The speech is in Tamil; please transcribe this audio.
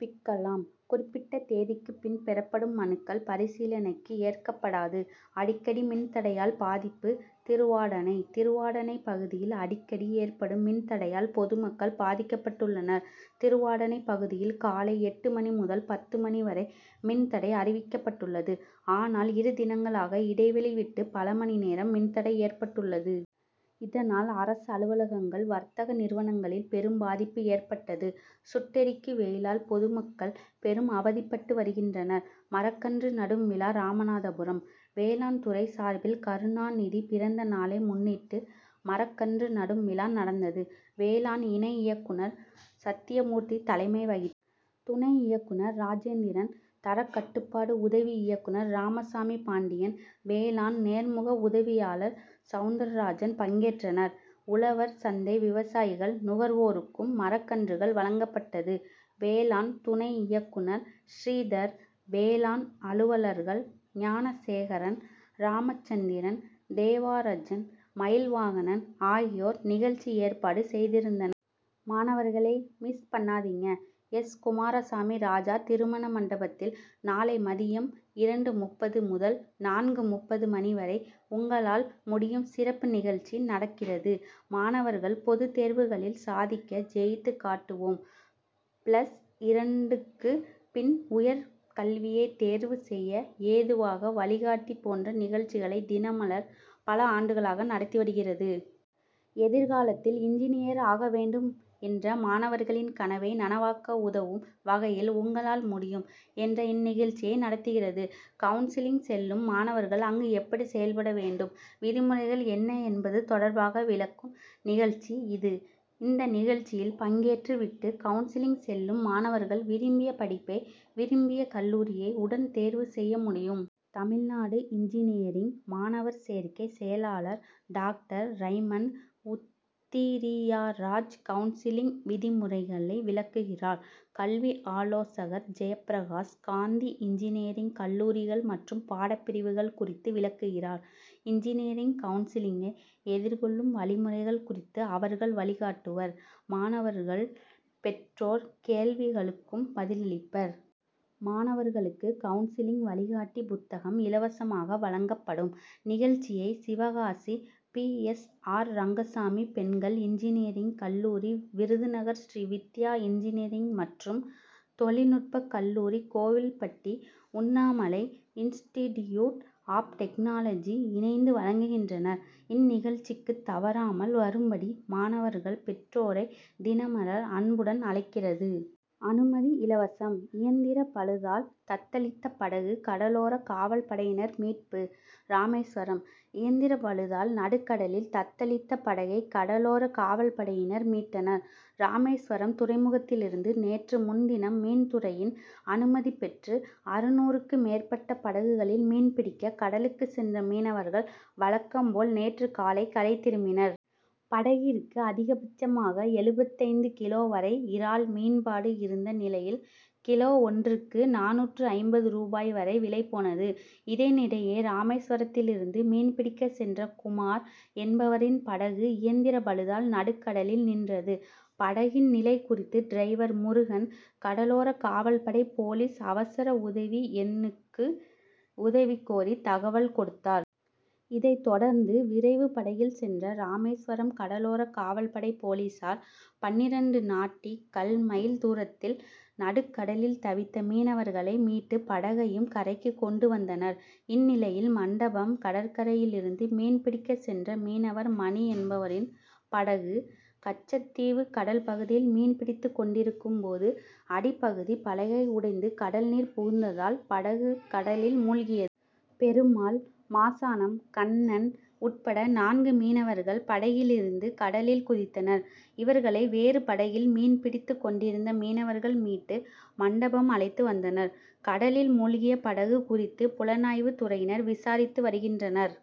பிக்கலாம். குறிப்பிட்ட தேதிக்கு பின் பெறப்படும் மனுக்கள் பரிசீலணைக்கு ஏற்கப்படாது. அடிக்கடி மின்தடையால் பாதிப்பு திருவாடானை: திருவாடானை பகுதியில் அடிக்கடி ஏற்படும் மின்தடையால் பொதுமக்கள் பாதிக்கபட்டுள்ளனர். திருவாடானை பகுதியில் காலை எட்டு மணி முதல் பத்து மணி வரை மின்தடை அறிவிக்கபட்டுள்ளது. ஆனால் இரு தினங்களாக இடைவெளி விட்டு பல மணி நேரம் மின்தடை ஏற்பட்டுள்ளது. இதனால் அரசு அலுவலகங்கள், வர்த்தக நிறுவனங்களில் பெரும் பாதிப்பு ஏற்பட்டது. சுட்டெரிக்கு வெயிலால் பொதுமக்கள் பெரும் அவதிபட்டு வருகின்றனர். மரக்கன்று நடும்விழா ராமநாதபுரம்: வேளாண் துறை சார்பில் கருணாநிதி பிறந்த நாளை முன்னிட்டு மரக்கன்று நடும் விழா நடந்தது. வேளாண் இணை இயக்குனர் சத்தியமூர்த்தி தலைமை வகித்தார். துணை இயக்குனர் ராஜேந்திரன் தரக் கட்டுபாடு உதவி இயக்குனர் ராமசாமி பாண்டியன், வேளாண் நேர்முக உதவியாளர் சவுந்தராஜன் பங்கேற்றனர். உழவர் சந்தை விவசாயிகள், நுகர் வோருக்கும் மரக்கன்றுகள் வழங்கப்பட்டது. வேளாண் துணை இயக்குனர் ஸ்ரீதர், வேளாண் அலுவலர்கள் ஞானசேகரன், ராமசந்திரன், தேவராஜன், மயில்வாகனன் ஆகியோர் நிகழ்ச்சி ஏற்பாடு செய்திருந்தனர். மாணவர்களே மிஸ் பண்ணாதீங்க! எஸ். குமாரசாமி ராஜா திருமண மண்டபத்தில் நாளை மதியம் இரண்டு.முப்பது முதல் நான்கு.முப்பது மணி வரை உங்களால் முடியும் சிறப்பு நிகழ்ச்சி நடக்கிறது. மாணவர்கள் பொதுதேர்வுகளில் சாதிக்க ஜெயித்து காட்டுவோம்,'பிளஸ் இரண்டுக்கு பின் உயர் கல்வியை தேர்வு செய்ய ஏதுவாக வழிகாட்டி போன்ற நிகழ்ச்சிகளை தினமலர் பல ஆண்டுகளாக நடத்தி வருகிறது. எதிர்காலத்தில் இன்ஜினியர் ஆக வேண்டும் என்ற மாணவர்களின் கனவை நனவாக்க உதவும் வகையில் உங்களால் முடியும்' என்ற இந்நிகழ்ச்சியை நடத்துகிறது. கவுன்சிலிங் செல்லும் மாணவர்கள் அங்கு எப்படி செயல்பட வேண்டும், விதிமுறைகள் என்ன என்பது தொடர்பாக விளக்கும் நிகழ்ச்சி இது. இந்த நிகழ்ச்சியில் பங்கேற்று விட்டு கவுன்சிலிங் செல்லும் மாணவர்கள் விரும்பிய படிப்பை, விரும்பிய கல்லூரியை உடன் தேர்வு செய்ய முடியும். தமிழ்நாடு இன்ஜினியரிங் மாணவர் சேர்க்கை செயலாளர் டாக்டர் றைமண்ட் உத்திரியராஜ் கவுன்சிலிங் விதிமுறைகளை விளக்குகிறார். கல்வி ஆலோசகர் ஜெயப்பிரகாஷ் காந்தி இன்ஜினியரிங் கல்லூரிகள் மற்றும் பாடப்பிரிவுகள் குறித்து விளக்குகிறார். இன்ஜினியரிங் கவுன்சிலிங்கை எதிர்கொள்ளும் வழிமுறைகள் குறித்து அவர்கள் வழிகாட்டுவர். மாணவர்கள், பெற் றோர் கேள்விகளுக்கும் பதிலளிப்பர். மாணவர்களுக்கு கவுன்சிலிங் வழிகாட்டி புத்தகம் இலவசமாக வழங்கப் படும். நிகழ்ச்சியை Sivakasi P. S. R. Rengasamy பெண்கள் இன்ஜினியரிங் கல்லூரி, விருதுநகர் ஸ்ரீ வித்யா இன்ஜினியரிங் மற்றும் தொழில் நுட்ப கல்லூரி, Kovilpatti Unnamalai institute of technology இணைந்து வழங்குகின்றன. இந்நிகழ்ச்சிக்கு தவறாமல் வரும்படி மாணவர்கள், பெற்றோரை தினமலர் அன்புடன் அழைக் கிறது. அனுமதி இலவசம். இயந்திர பழுதால் தத்தளித்த படகு கடலோர காவல்படையினர் மீட்பு ராமேஸ்வரம்: இயந்திர பழுதால் நடுக்கடலில் தத்தளித்த படகை கடலோர காவல்படையினர் மீட்டனர். ராமேஸ்வரம் துறைமுகத்திலிருந்து நேற்று முன்தினம் மீன்துறையின் அனுமதி பெற்று அறுநூறுக்கு மேற்பட்ட படகுகளில் மீன்பிடிக்க கடலுக்கு சென்ற மீனவர்கள், வழக்கம் போல் நேற்று காலை கரை திரும்பினர். படகிற்கு அதிகபட்சமாக எழுபத்தைந்து கிலோ வரை இறால் மீன்பாடு இருந்த நிலையில் கிலோ ஒன்றுக்கு நானூற்று ஐம்பது ரூபாய் வரை விலை போனது. இதனிடையே, ராமேஸ்வரத்திலிருந்து மீன்பிடிக்க சென்ற குமார் என்பவரின் படகு இயந்திர பழுதால் நடுக்கடலில் நின்றது. படகின் நிலை குறித்து டிரைவர் முருகன், கடலோர காவல்படை போலீஸ் அவசர உதவி எண் க்கு உதவி கோரி தகவல் கொடுத்தார். இதை தொடர்ந்து விரைவு படகில் சென்ற ராமேஸ்வரம் கடலோர காவல்படை போலீசார், பன்னிரண்டு நாட்டிகல் மைல் தூரத்தில் நடுக்கடலில் தவித்த மீனவர்களை மீட்டு படகையும் கரைக்கு கொண்டு வந்தனர். இந்நிலையில், மண்டபம் கடற்கரையிலிருந்து மீன்பிடிக்க சென்ற மீனவர் மணி என்பவரின் படகு கச்சத்தீவு கடல் பகுதியில் மீன்பிடித்து கொண்டிருக்கும்போது, அடிப்பகுதி பலகை உடைந்து கடல் நீர் புகுந்ததால், படகு கடலில் மூழ்கியது. பெருமாள், மாசானம், கண்ணன் உட்பட நான்கு மீனவர்கள் படகிலிருந்து கடலில் குதித்தனர். இவர்களை வேறு படகில் மீன்பிடித்து கொண்டிருந்த மீனவர்கள் மீட்டு மண்டபம் அழைத்து வந்தனர். கடலில் மூழ்கிய படகு குறித்து புலனாய்வு துறையினர் விசாரித்து வருகின்றனர்.